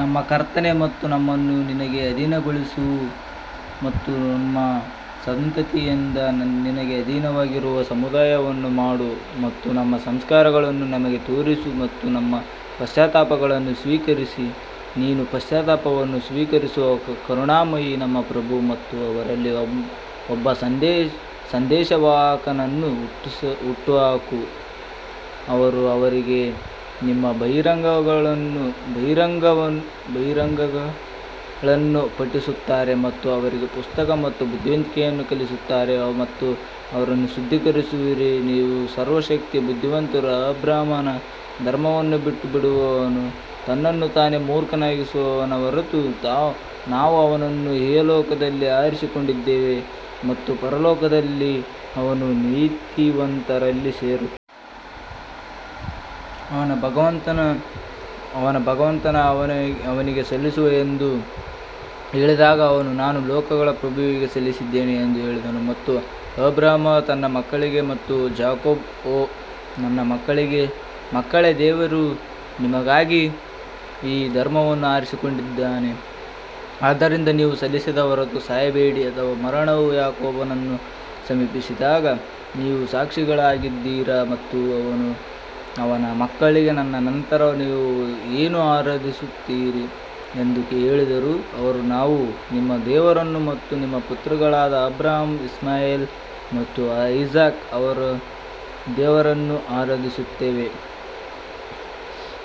ನಮ್ಮ ಕರ್ತನೇ ಮತ್ತು ನಮ್ಮನ್ನು ನಿನಗೆ ಅಧೀನಗೊಳಿಸು ಮತ್ತು ನಮ್ಮ ಸಂತತಿಯಿಂದ ನಿನಗೆ ಅಧೀನವಾಗಿರುವ ಸಮುದಾಯವನ್ನು ಮಾಡು ಮತ್ತು ನಮ್ಮ ಸಂಸ್ಕಾರಗಳನ್ನು ನಮಗೆ ತೋರಿಸಿ ಮತ್ತು ನಮ್ಮ ಪಶ್ಚಾತ್ತಾಪವನ್ನು ಸ್ವೀಕರಿಸಿ ನೀನು ಪಶ್ಚಾತ್ತಾಪವನ್ನು ಸ್ವೀಕರಿಸುವ ಕರುಣಾಮಯಿ ನಮ್ಮ ಪ್ರಭು ಮತ್ತು ಅವರಲ್ಲಿ ಒಬ್ಬ ಸಂದೇಶವಾಹಕನನ್ನು ಹುಟ್ಟುಹಾಕು, ಅವರು ಅವರಿಗೆ ನಿಮ್ಮ ಬಹಿರಂಗಗಳನ್ನು ಪಠಿಸುತ್ತಾರೆ ಮತ್ತು ಅವರಿಗೆ ಪುಸ್ತಕ ಮತ್ತು ಬುದ್ಧಿವಂತಿಕೆಯನ್ನು ಕಲಿಸುತ್ತಾರೆ ಮತ್ತು ಅವರನ್ನು ಶುದ್ಧೀಕರಿಸುವಿರಿ, ನೀವು ಸರ್ವಶಕ್ತ ಬುದ್ಧಿವಂತರು ಅಬ್ರಹಾಮನ ಧರ್ಮವನ್ನು ಬಿಟ್ಟುಬಿಡುವವನು ತನ್ನನ್ನು ತಾನೇ ಮೂರ್ಖನಾಗಿಸುವವನ ಹೊರತು ನಾವು ಅವನನ್ನು ಇಹಲೋಕದಲ್ಲಿ ಆರಿಸಿಕೊಂಡಿದ್ದೇವೆ ಮತ್ತು ಪರಲೋಕದಲ್ಲಿ ಅವನು ನೀತಿವಂತರಲ್ಲಿ ಸೇರುತ್ತಾನೆ. ಅವನ ಭಗವಂತ ಅವನಿಗೆ ಸಲ್ಲಿಸು ಎಂದು ಹೇಳಿದಾಗ ಅವನು ನಾನು ಲೋಕಗಳ ಪ್ರಭುವಿಗೆ ಸಲ್ಲಿಸಿದ್ದೇನೆ ಎಂದು ಹೇಳಿದನು ಮತ್ತು ಅಬ್ರಹಾಂ ತನ್ನ ಮಕ್ಕಳಿಗೆ ಮತ್ತು ಜಾಕೋಬ್ ಓ ನನ್ನ ಮಕ್ಕಳೇ ದೇವರು ನಿಮಗಾಗಿ ಈ ಧರ್ಮವನ್ನು ಆರಿಸಿಕೊಂಡಿದ್ದಾನೆ ಆದ್ದರಿಂದ ನೀವು ಸಲ್ಲಿಸದ ಹೊರತು ಸಾಯಬೇಡಿ ಅಥವಾ ಮರಣವು ಯಾಕೋಬನನ್ನು ಸಮೀಪಿಸಿದಾಗ ನೀವು ಸಾಕ್ಷಿಗಳಾಗಿದ್ದೀರಾ ಮತ್ತು ಅವನು ಅವನ ಮಕ್ಕಳಿಗೆ ನನ್ನ ನಂತರ ನೀವು ಏನು ಆರಾಧಿಸುತ್ತೀರಿ ಎಂದು ಹೇಳಿದರು ಅವರು ನಾವು ನಿಮ್ಮ ದೇವರನ್ನು ಮತ್ತು ನಿಮ್ಮ ಪಿತೃಗಳಾದ ಅಬ್ರಹಾಂ ಇಸ್ಮಾಯೆಲ್ ಮತ್ತು ಐಸಾಕ್ ಅವರ ದೇವರನ್ನು ಆರಾಧಿಸುತ್ತೇವೆ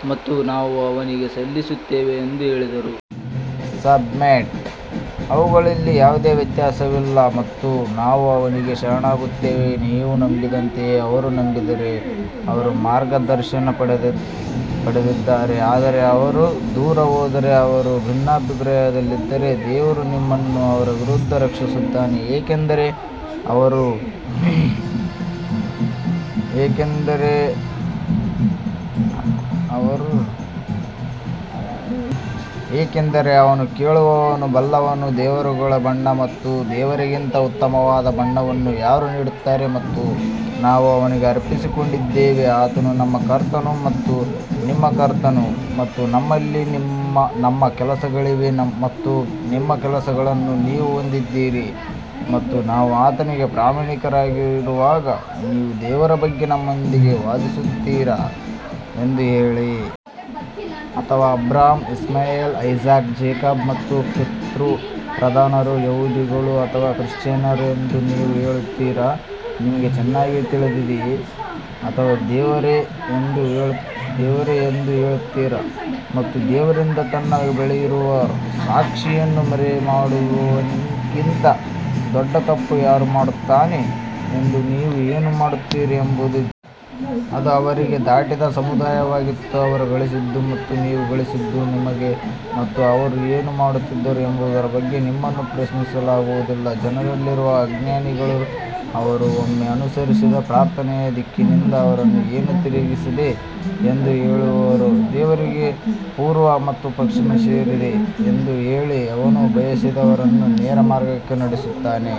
ಮತ್ತು ನಾವು ಅವನಿಗೆ ಸಲ್ಲಿಸುತ್ತೇವೆ ಎಂದು ಹೇಳಿದರು. ಅವುಗಳಲ್ಲಿ ಯಾವುದೇ ವ್ಯತ್ಯಾಸವಿಲ್ಲ ಮತ್ತು ನಾವು ಅವನಿಗೆ ಶರಣಾಗುತ್ತೇವೆ ನೀವು ನಂಬಿದಂತೆಯೇ ಅವರು ನಂಬಿದರೆ ಅವರು ಮಾರ್ಗದರ್ಶನ ಪಡೆದಿದ್ದಾರೆ ಆದರೆ ಅವರು ದೂರ ಹೋದರೆ ಅವರು ಭಿನ್ನಾಭಿಪ್ರಾಯದಲ್ಲಿದ್ದರೆ ದೇವರು ನಿಮ್ಮನ್ನು ಅವರ ವಿರುದ್ಧ ರಕ್ಷಿಸುತ್ತಾನೆ ಏಕೆಂದರೆ ಅವನು ಕೇಳುವವನು ಬಲ್ಲವನು ದೇವರುಗಳ ಬಣ್ಣ ಮತ್ತು ದೇವರಿಗಿಂತ ಉತ್ತಮವಾದ ಬಣ್ಣವನ್ನು ಯಾರು ನೀಡುತ್ತಾರೆ ಮತ್ತು ನಾವು ಅವನಿಗೆ ಅರ್ಪಿಸಿಕೊಂಡಿದ್ದೇವೆ ಆತನು ನಮ್ಮ ಕರ್ತನು ಮತ್ತು ನಿಮ್ಮ ಕರ್ತನು ಮತ್ತು ನಮ್ಮಲ್ಲಿ ನಮ್ಮ ಕೆಲಸಗಳಿವೆ ಮತ್ತು ನಿಮ್ಮ ಕೆಲಸಗಳನ್ನು ನೀವು ಹೊಂದಿದ್ದೀರಿ ಮತ್ತು ನಾವು ಆತನಿಗೆ ಪ್ರಾಮಾಣಿಕರಾಗಿರುವಾಗ ನೀವು ದೇವರ ಬಗ್ಗೆ ನಮ್ಮೊಂದಿಗೆ ವಾದಿಸುತ್ತೀರಾ ಎಂದು ಹೇಳಿ. ಅಥವಾ ಅಬ್ರಹಾಂ ಇಸ್ಮಾಯೆಲ್ ಐಸಾಕ್ ಜೇಕಬ್ ಮತ್ತು ಪಿತೃಪ್ರಧಾನರು ಯಹೂದಿಗಳು ಅಥವಾ ಕ್ರಿಶ್ಚಿಯನ್ನರು ಎಂದು ನೀವು ಹೇಳುತ್ತೀರಾ, ನಿಮಗೆ ಚೆನ್ನಾಗಿ ತಿಳಿದಿದೆಯೇ ಅಥವಾ ದೇವರೇ ಎಂದು ಹೇಳುತ್ತೀರಾ ಮತ್ತು ದೇವರಿಂದ ತನ್ನ ಬಳಿ ಇರುವ ಸಾಕ್ಷಿಯನ್ನು ಮರೆಮಾಡುವವನಿಗಿಂತ ದೊಡ್ಡ ತಪ್ಪು ಯಾರು ಮಾಡುತ್ತಾನೆ ಎಂದು ನೀವು ಏನು ಮಾಡುತ್ತೀರಿ ಎಂಬುದು ದೇವರಿಗೆ ತಿಳಿದಿಲ್ಲ. ಅದು ಅವರಿಗೆ ದಾಟಿದ ಸಮುದಾಯವಾಗಿತ್ತು ಅವರು ಗಳಿಸಿದ್ದು ಮತ್ತು ನೀವು ಗಳಿಸಿದ್ದು ನಿಮಗೆ ಮತ್ತು ಅವರು ಏನು ಮಾಡುತ್ತಿದ್ದರು ಎಂಬುದರ ಬಗ್ಗೆ ನಿಮ್ಮನ್ನು ಪ್ರಶ್ನಿಸಲಾಗುವುದಿಲ್ಲ. ಜನರಲ್ಲಿರುವ ಅಜ್ಞಾನಿಗಳು ಅವರು ಒಮ್ಮೆ ಅನುಸರಿಸಿದ ಪ್ರಾರ್ಥನೆಯ ದಿಕ್ಕಿನಿಂದ ಅವರನ್ನು ಏನು ತಿರುಗಿಸಿದೆ ಎಂದು ಹೇಳುವರು, ದೇವರಿಗೆ ಪೂರ್ವ ಮತ್ತು ಪಶ್ಚಿಮ ಸೇರಿದೆ ಎಂದು ಹೇಳಿ ಅವನು ಬಯಸಿದವರನ್ನು ನೇರ ಮಾರ್ಗಕ್ಕೆ ನಡೆಸುತ್ತಾನೆ.